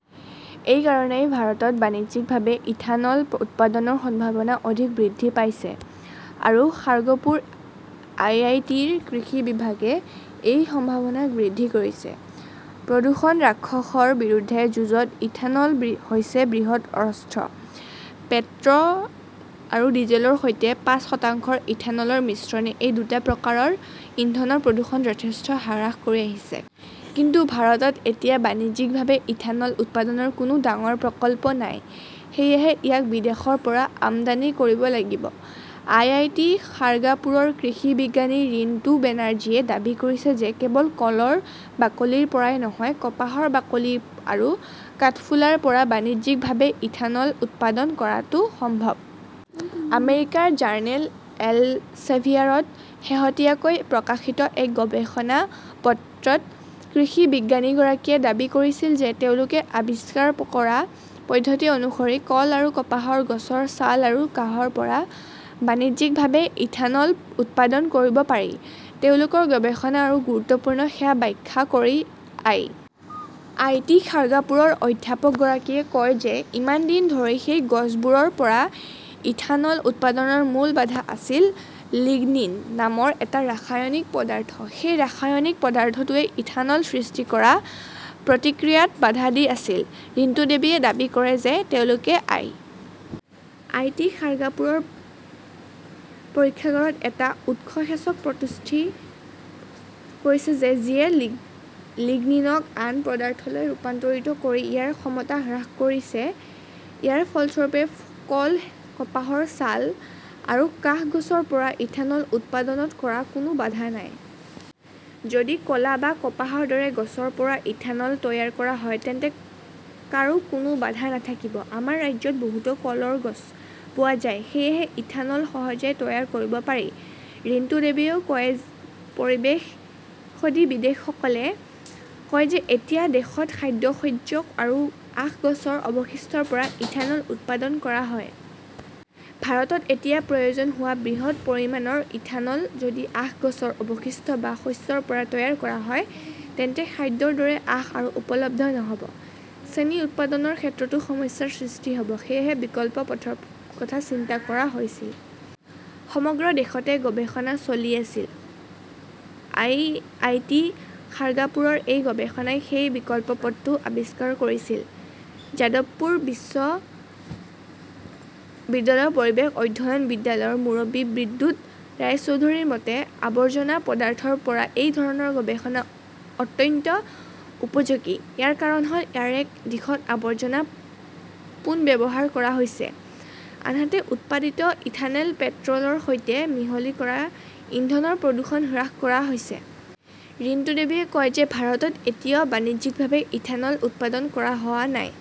এই কাৰণেই ভাৰতত বাণিজ্যিকভাৱে ইথানল উৎপাদনৰ সম্ভাৱনা অধিক বৃদ্ধি পাইছে। আৰু খাৰ্গপুৰ আই. আই. টি. -ৰ কৃষি বিভাগে এই সম্ভাৱনা বৃদ্ধি কৰিছে। প্ৰদূষণ-ৰাক্ষসৰ বিৰুদ্ধে যুঁজত ইথানল হৈছে বৃহৎ অস্ত্ৰ। পেট্ৰ "ল আৰু ডিজেলৰ সৈতে পাঁচ শতাংশ ইথানলৰ মিশ্ৰণে সেই দুটা প্ৰকাৰৰ ইন্ধনৰ প্ৰদূষণ যথেষ্ট হ্ৰাস কৰে। কিন্তু ভাৰতত এতিয়া বাণিজ্যিকভাৱে ইথানল উৎপাদনৰ কোনো ডাঙৰ প্ৰকল্প নাই। সেয়েহে ইয়াক বিদেশৰ পৰা আমদানি কৰিব লাগিব। আই. আই. টি. খাৰ্গাপুৰৰ কৃষি বিজ্ঞানী ৰিণ্টু বেনাৰ্জীয়ে দাবী কৰিছে যে কেৱল কলৰ বাকলিৰ পৰাই নহয়, কপাহৰ বাকলি আৰু কাঠফুলাৰ পৰা বাণিজ্যিকভাৱে ইথানল উৎপাদন কৰাটো সম্ভৱ। আমেৰিকাৰ জাৰ্নেল এলচেভিয়াৰত শেহতীয়াকৈ প্ৰকাশিত এক গৱেষণাপত্ৰত কৃষি বিজ্ঞানীগৰাকীয়ে দাবী কৰিছিল যে তেওঁলোকে আৱিষ্কাৰ কৰা পদ্ধতি অনুসৰি কল আৰু কপাহৰ গছৰ ছাল আৰু কাহৰ পৰা বাণিজ্যিকভাৱে ইথানল উৎপাদন কৰিব পাৰি। তেওঁলোকৰ গৱেষণা কিয় গুৰুত্বপূৰ্ণ সেয়া ব্যাখ্যা কৰি আই. আই. টি. খাৰ্গাপুৰৰ অধ্যাপকগৰাকীয়ে কয় যে ইমান দিন ধৰি সেই গছবোৰৰ পৰা ইথানল উৎপাদনৰ মূল বাধা আছিল লিগনিন নামৰ এটা ৰাসায়নিক পদাৰ্থ। সেই ৰাসায়নিক পদাৰ্থটোৱে ইথানল সৃষ্টি কৰা প্ৰতিক্ৰিয়াত বাধা দি আছিল। ৰিণ্টুদেৱীয়ে দাবী কৰে যে তেওঁলোকে আই. আই. টি. খাৰ্গাপুৰৰ পৰীক্ষাগাৰত এটা উৎসেচক প্ৰস্তুত কৰিছে যিয়ে লিগনিনক আন পদাৰ্থলৈ ৰূপান্তৰিত কৰি ইয়াৰ ক্ষমতা হ্ৰাস কৰিছে। ইয়াৰ ফলস্বৰূপে কল, কপাহৰ ছাল আৰু কাহ গছৰ পৰা ইথানল উৎপাদনত আৰু কোনো বাধা নাই। "যদি কলা বা কপাহৰ দৰে গছৰ পৰা ইথানল তৈয়াৰ কৰা হয় তেন্তে কাৰো কোনো বাধা নাথাকিব। আমাৰ ৰাজ্যত বহুতো কলৰ গছ পোৱা যায়। সেয়েহে ইথানল সহজে তৈয়াৰ কৰিব পাৰি ", ৰিন্তুদেৱীয়ে কয়। পৰিৱেশবিদসকলে কয় যে এতিয়া দেশত খাদ্যশস্য আৰু আখ গছৰ অৱশিষ্টৰ পৰা ইথানল উৎপাদন কৰা হয়। ভাৰতত এতিয়া প্ৰয়োজন হোৱা বৃহৎ পৰিমাণৰ ইথানল যদি আখ গছৰ অৱশিষ্ট বা শস্যৰ পৰা তৈয়াৰ কৰা হয়, তেন্তে খাদ্যৰ দৰে আখ আৰু উপলব্ধ নহ 'ব। চেনি উৎপাদনৰ ক্ষেত্ৰতো সমস্যাৰ সৃষ্টি হ "ব। সেয়েহে বিকল্প পথৰ কথা চিন্তা কৰা হৈছিল। সমগ্ৰ দেশতে গৱেষণা চলি আছিল। আইআইটি খাৰ্গাপুৰৰ এই গৱেষণাই সেই বিকল্প পথটো আৱিষ্কাৰ কৰিছিল। যাদৱপুৰ বিশ্ববিদ্যালয়ৰ পৰিৱেশ অধ্যয়ন বিদ্যালয়ৰ মুৰব্বী বিদ্যুৎ ৰায়চৌধুৰীৰ মতে, আৱৰ্জনা পদাৰ্থৰ পৰা এই ধৰণৰ গৱেষণা অত্যন্ত উপযোগী। ইয়াৰ কাৰণ হ "ল, ইয়াৰ এক দিশত আৱৰ্জনা পুনৰ্ব্যৱহাৰ কৰা হৈছে, আনহাতে উৎপাদিত ইথানল পেট্ৰ" লৰ সৈতে মিহলি কৰি ইন্ধনৰ প্ৰদূষণ হ্ৰাস কৰা হৈছে। ৰিণ্টুদেৱীয়ে কয় যে ভাৰতত এতিয়াও বাণিজ্যিকভাৱে ইথানল উৎপাদন কৰা হোৱা নাই।